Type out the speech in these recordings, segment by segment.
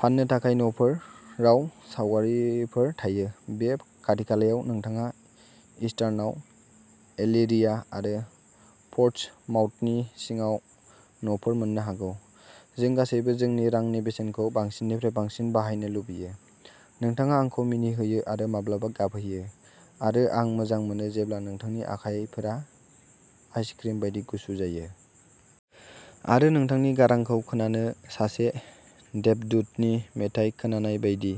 फान्नो थाखाय न'फोर राव सावगारिफोर थायो। बे खाथिखालायाव नोंथाङा इस्टार्नआव एलिरिया आरो पोर्टसमाउथनि सिङाव न'फोर मोन्नो हागौ। जों गासैबो जोंनि रांनि बेसेनखौ बांसिननिफ्राय बांसिन बाहायनो लुबैयो। नोंथाङा आंखौ मिनिहोयो आरो माब्लाबा गाबहोयो। आरो आं मोजां मोनो जेब्ला नोंथांनि आखाइफोरा आइसक्रिम बायदि गुसु जायो। आरो नोंथांनि गारांखौ खोनानो सासे देबदूतनि मेथाइ खोनानाय बायदि।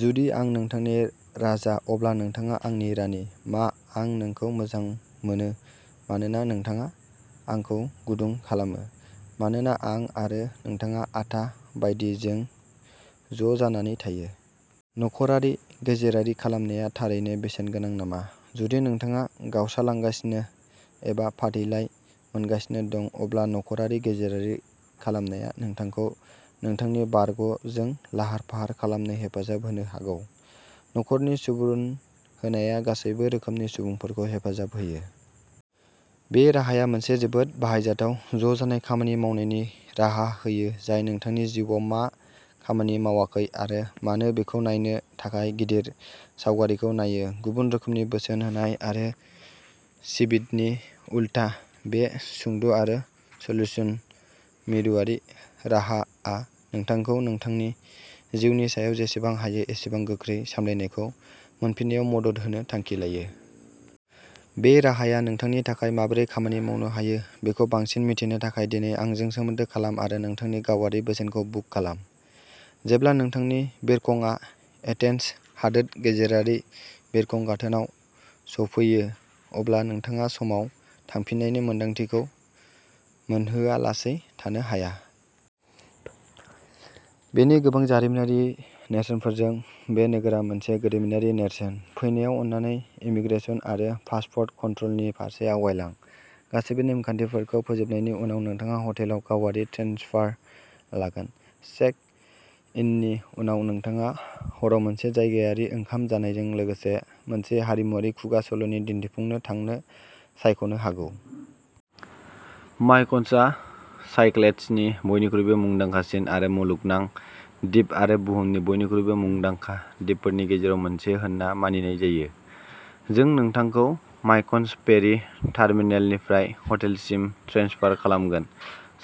जुदि आं नोंथांनि राजा अब्ला नोंथाङा आंनि रानि। मा आं नोंखौ मोजां मोनो मानोना नोंथाङा आंखौ गुदुं खालामो। मानोना आं आरो नोंथाङा आथा बायदि जों ज'जानानै थायो। नख'रारि गेजेरारि खालामनाया थारैनो बेसेन गोनां नामा? जुदि नोंथाङा गावस्रालांगासिनो एबा फाथैलाइ मोनगासिनो दं। अब्ला नख'रारि गेजेरारि खालामनाया नोंथांखौ नोंथांनि बारग'जों लाहार-फाहार खालामनो हेफाजाब होनो हागौ। नखरनि सुबुरुन होनाया गासैबो रोखोमनि सुबुंफोरखौ हेफाजाब होयो। बे राहाया मोनसे जोबोद बाहायजाथाव ज'जानाय खामानि मावनायनि राहा होयो जाय नोंथांनि जिउआव मा खामानि मावाखै आरो मानो बेखौ नायनो थाखाय गिदिर सावगारिखौ नायो। गुबुन रोखोमनि बोसोन होनाय आरो सिबिटनि उलथा बे सुंद'आरो सुलुशुन मिरुआरि राहाआ नोंथांखौ नोंथांनि जिउनि सायाव जेसेबां हायो एसेबां गोख्रै सामलायनायखौ मोनफिननायाव मदद होनो थांखि लायो। बे राहाया नोंथांनि थाखाय माबोरै खामानि मावनो हायो बेखौ बांसिन मिथिनो थाखाय दिनै आंजों सोमोन्दो खालाम आरो नोंथांनि गावारि बोसोनखौ बुक खालाम। जेब्ला नोंथांनि बिरखंआ एथेन्स हादोर गेजेरारि बिरखं गाथोनाव सौफैयो अब्ला नोंथाङा समाव थांफिननायनि मोनदांथिखौ मोनहोआलासै थानो हाया। बेनि गोबां जारिमिनारि नेरसोनफोरजों बे नोगोरा मोनसे गोदोमिनारि नेरसोन। फैनायाव अननानै इमिग्रेशन आरो पासपोर्ट कनट्र'लनि फारसे आवगायलां। गासैबो नेमखान्थिफोरखौ फोजोबनायनि उनाव नोंथाङा हटेलाव गावारि ट्रेनसफार लागोन। चेक-इननि उनाव नोंथाङा हराव मोनसे जायगायारि ओंखाम जानायजों लोगोसे मोनसे हारिमुआरि खुगा सल'नि दिन्थिफुंनो थांनो सायख'नो हागौ। मायकन'सआ साइक्लेड्सनि बयनिख्रुइबो मुंदांखासिन आरो मुलुगनां दिप आरो बुहुमनि बयनिख्रुइबो मुंदांखा दिपफोरनि गेजेराव मोनसे होनना मानिनाय जायो। जों नोंथांखौ मायकन'स फेरि टार्मिनेलनिफ्राय हटेलसिम ट्रेन्सफार खालामगोन।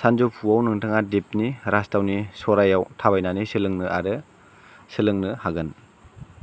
सानजौफुआव नोंथाङा दिपनि राजथावनि च'रायाव थाबायनानै सोलोंनो आरो सोलोंनो हागोन।